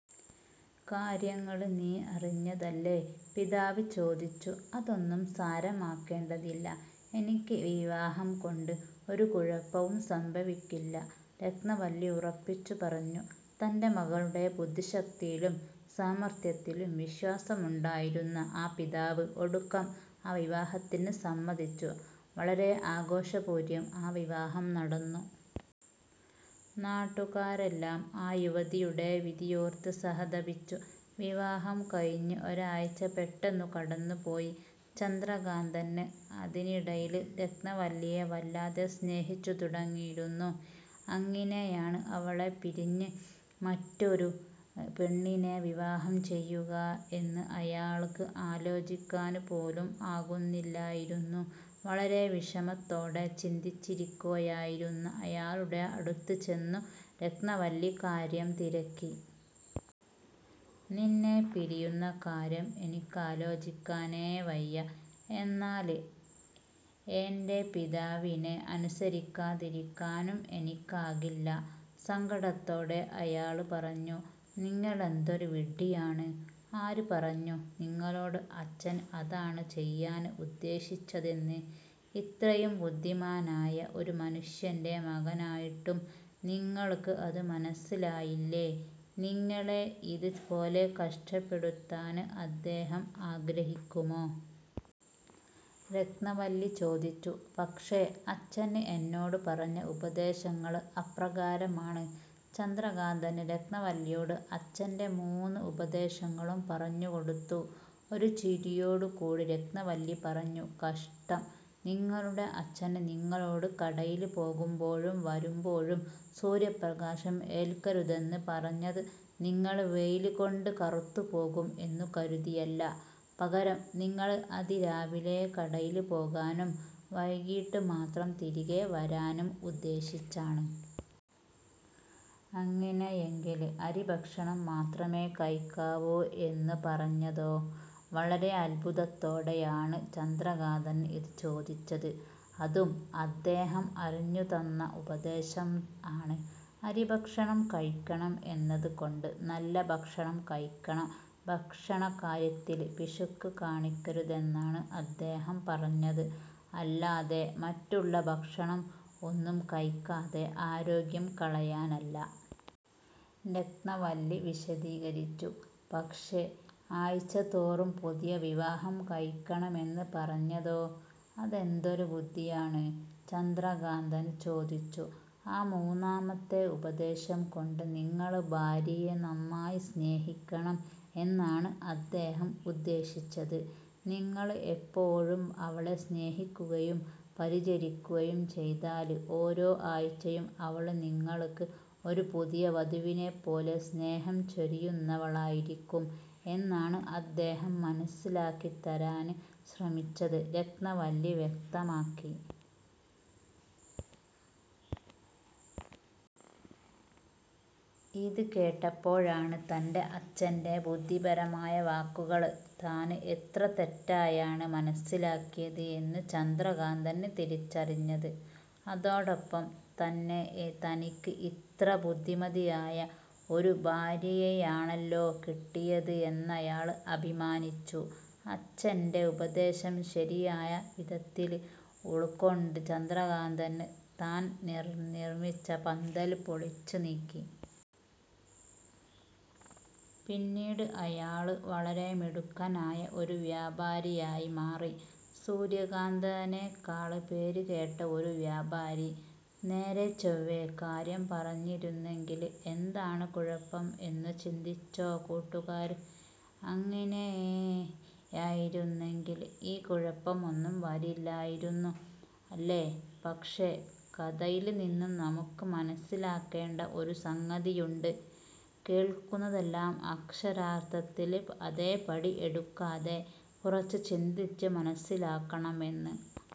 കാര്യങ്ങള് നീ അറിഞ്ഞതല്ലെ? " പിതാവ് ചോദിച്ചു "അതൊന്നും സാരമാക്കേണ്ടതില്ല. എനിക്ക് ഈ വിവാഹം കൊണ്ട് ഒരു കുഴപ്പവും സംഭവിക്കില്ല" രത്നവല്ലി ഉറപ്പിച്ചു പറഞ്ഞു. തന്റെ മകളുടെ ബുദ്ധിശക്തിയിലും സാമര്ത്ഥ്യത്തിലും വിശ്വാസമുണ്ടായിരുന്ന ആ പിതാവ് ഒടുക്കം ആ വിവാഹത്തിന് സമ്മതിച്ചു. വളരെ ആഘോഷപൂര്വം ആ വിവാഹം നടന്നു. നാട്ടുകാരെല്ലാം ആ യുവതിയുടെ വിധിയോര്ത്ത് സഹതപിച്ചു. വിവാഹം കഴിഞ്ഞ് ഒരാഴ്ച പെട്ടെന്നു കടന്നു പോയി. ചന്ദ്രകാന്തന് അതിനിടയില് രത്നവല്ലിയെ വല്ലാതെ സ്നേഹിച്ചു തുടങ്ങിയിരുന്നു. എങ്ങിനെയാണ് അവളെ പിരിഞ്ഞ് മറ്റൊരു പെണ്ണിനെ വിവാഹം ചെയ്യുക എന്ന് അയാള്ക്ക് ആലോചിക്കാന് പോലും ആകുന്നില്ലായിരുന്നു. വളരെ വിഷമത്തോടെ ചിന്തിച്ചിരിക്കുകയായിരുന്ന അയാളുടെ അടുത്ത് ചെന്നു രത്നവല്ലി കാര്യം തിരക്കി. "നിന്നെ പിരിയുന്ന കാര്യം എനിക്കാലോചിക്കാനേ വയ്യ. എന്നാൽ ഏന്റെ പിതാവിനെ അനുസരിക്കാതിരിക്കാനും എനിക്കാകില്ല" സങ്കടത്തോടെ അയാൾ പറഞ്ഞു. "നിങ്ങളെന്തൊരു വിഡ്ഡിയാണ്. ആര് പറഞ്ഞു നിങ്ങളോട് അച്ഛന് അതാണ് ചെയ്യാന് ഉപദേശിച്ചതെന്ന്. ഇത്രയും ബുദ്ധിമാനായ ഒരു മനുഷ്യന്റെ മകനായിട്ടും നിങ്ങള്ക്ക് അത് മനസ്സിലായില്ലേ? നിങ്ങളെ ഇത് പോലെ കഷ്ടപ്പെടുത്താന് അദ്ദേഹം ആഗ്രഹിക്കുമോ? " രത്നവല്ലി ചോദിച്ചു. "പക്ഷേ അച്ഛന് എന്നോടു പറഞ്ഞ ഉപദേശങ്ങള് അപ്രകാരമാണ്. " ചന്ദ്രകാന്തന് രത്നവല്ലിയോട് അച്ചന്റെ മൂന്ന് ഉപദേശങ്ങളും പറഞ്ഞു കൊടുത്തു. ഒരു ചിരിയോട് കൂടി രത്നവല്ലി പറഞ്ഞു. "കഷ്ടം. നിങ്ങളുടെ അച്ഛന് നിങ്ങളോട് കടയില് പോകുമ്പോഴും വരുമ്പോഴും സൂര്യപ്രകാശം ഏൽക്കരുതെന്ന് പറഞ്ഞത് നിങ്ങള് വെയില് കൊണ്ട് കറുത്ത് പോകും എന്നു കരുതിയല്ല, പകരം നിങ്ങള് അതിരാവിലെ കടയില് പോകാനും, വൈകീട്ട് മാത്രം തിരികെ വരാനും ഉദ്ദേശിച്ചാണ്. " "അങ്ങിനെയെങ്കില് അരിഭക്ഷണം മാത്രമേ കഴിക്കാവൂ എന്നു പറഞ്ഞതോ? " വളരെ അത്ഭുതത്തോടെയാണ് ചന്ദ്രകാന്തന് ഇത് ചോദിച്ചത്. "അതും അദ്ധേഹം അറിഞ്ഞു തന്ന ഉപദേശം ആണ്. അരി ഭക്ഷണം കഴിക്കണം എന്നത് കൊണ്ട് നല്ല ഭക്ഷണം കഴിക്കണം, ഭക്ഷണകാര്യത്തില് പിശുക്ക് കാണിക്കരുതെന്നാണ് അദ്ദേഹം പറഞ്ഞത്. അല്ലാതെ മറ്റുള്ള ഭക്ഷണം ഒന്നും കഴിക്കാതെ ആരോഗ്യം കളയാനല്ല! " രത്നവല്ലി വിശദീകരിച്ചു. "പക്ഷേ, ആഴ്ച തോറും പുതിയ വിവാഹം കഴിക്കണമെന്ന് പറഞ്ഞതോ? അതെന്തൊരു ബുദ്ധിയാണ്? " ചന്ദ്രകാന്തന് ചോദിച്ചു. "ആ മൂന്നാമത്തെ ഉപദേശം കൊണ്ട് നിങ്ങള് ഭാര്യയെ നന്നായി സ്നേഹിക്കണം എന്നാണ് അദ്ദേഹം ഉദ്ദേശിച്ചത്. നിങ്ങള് എപ്പോഴും അവളെ സ്നേഹിക്കുകയും പരിചരിക്കുകയും ചെയ്താല് ഓരോ ആഴ്ചയും അവള് നിങ്ങള്ക്ക് ഒരു പുതിയ വധുവിനെപ്പോലെ സ്നേഹം ചൊരിയുന്നവളായിരിക്കും എന്നാണ് അദ്ദേഹം മനസ്സിലാക്കിത്തരാന് ശ്രമിച്ചത്" രത്നവല്ലി വ്യക്തമാക്കി. ഇത് കേട്ടപ്പോഴാണ് തന്റെ അച്ചന്റെ ബുദ്ധിപരമായ വാക്കുകള് താന് എത്ര തെറ്റായാണ് മനസ്സിലാക്കിയത് എന്നു ചന്ദ്രകാന്തന് തിരിച്ചറിഞ്ഞത്. അതോടൊപ്പം തന്നെ തനിക്ക് ഇത്ര ബുദ്ധിമതിയായ ഒരു ഭാര്യയെയാണല്ലോ കിട്ടിയത് എന്നയാള് അഭിമാനിച്ചു. അച്ചന്റെ ഉപദേശം ശരിയായ വിധത്തില് ഉള്കൊണ്ട് ചന്ദ്രകാന്തന് താന് നിര്മ്മിച്ച പന്തല് പൊളിച്ച് നീക്കി. പിന്നീട് അയാള് വളരെ മിടുക്കനായ ഒരു വ്യാപാരിയായി മാറി സൂര്യകാന്തന്നെക്കാള് പേര് കേട്ട ഒരു വ്യാപാരി. നേരെചൊവ്വേ കാര്യം പറഞ്ഞിരുന്നെങ്കില് എന്താണ് കുഴപ്പം എന്നു ചിന്തിച്ചോ കൂട്ടുകാര്? അങ്ങിനെയായിരുന്നെങ്കില് ഈ കുഴപ്പമൊന്നും വരില്ലായിരുന്നു അല്ലേ? പക്ഷേ കഥയില് നിന്നും നമുക്ക് മനസ്സിലാക്കേണ്ട ഒരു സംഗതിയുണ്ട് കേള്ക്കുന്നതെല്ലാം അക്ഷരാര്ത്ഥത്തില് അതേപടി എടുക്കാതെ കുറച്ച് ചിന്തിച്ച് മനസ്സിലാക്കണം എന്ന്.